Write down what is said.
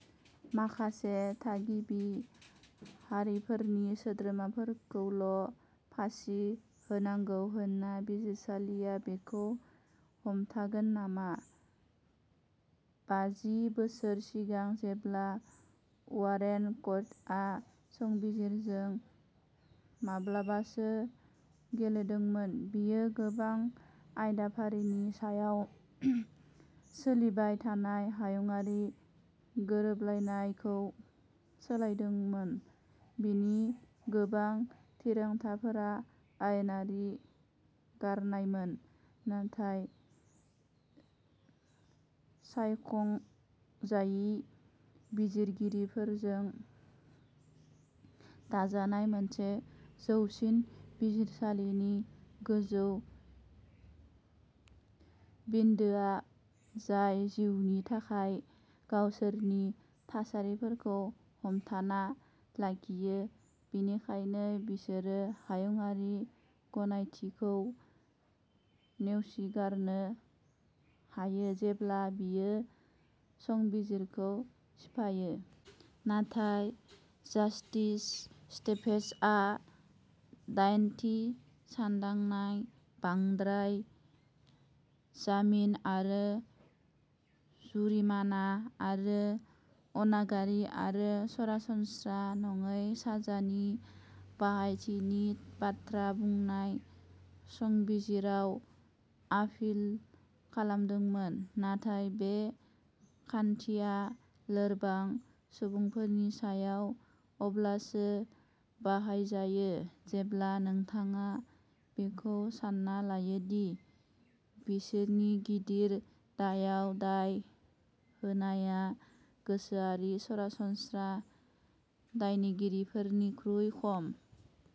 माखासे थागिबि हारिफोरनि सोद्रोमाफोरखौल' फासि होनांगौ होनना बिजिरसालिया बेखौ हमथागोन नामा? बाजि बोसोर सिगां, जेब्ला वारेन कर्टआ संबिजिरजों माब्लाबासो गेलेदोंमोन, बेयो गोबां आयदाफोरनि सायाव सोलिबाय थानाय हायुङारि गोरोबलायनाय खौ सोलायदोंमोन। बेनि गोबां थिरांथाफोरा आयेनारि गारनायमोन, नाथाय सायख'जायि बिजिरगिरिफोरजों दाजानाय मोनसे जौसिन बिजिरसालिनि गासै बिन्दोआ जाय जिउनि थाखाय गावसोरनि मासिफोरखौ हमथाना लाखियो, बेनिखायनो बिसोरो हायुङारि गनायथि खौ नेवसिगारनो हायो जेब्ला बेयो संबिजिरखौ सिफायो। नाथाय जास्टिस स्टेभेन्सआ दाइनथि सोदांनाय बांद्राय जामिन आरो जुरिमाना आरो अनागारि आरो सरासनस्रा नङै साजा नि होबथानायनि बाथ्रा बुंनानै संबिजिराव आपिल खालामदोंमोन। नाथाय बे खान्थिया लोरबां सुबुंफोरनि सायाव अब्लासो बाहायजायो जेब्ला नोंथाङा बेखौ सान्ना लायो दि बिसोरनि गिदिर दायआव दाय होनाया गोसोआरि सरासनस्रा दायगिरिफोरनिख्रुइ खम।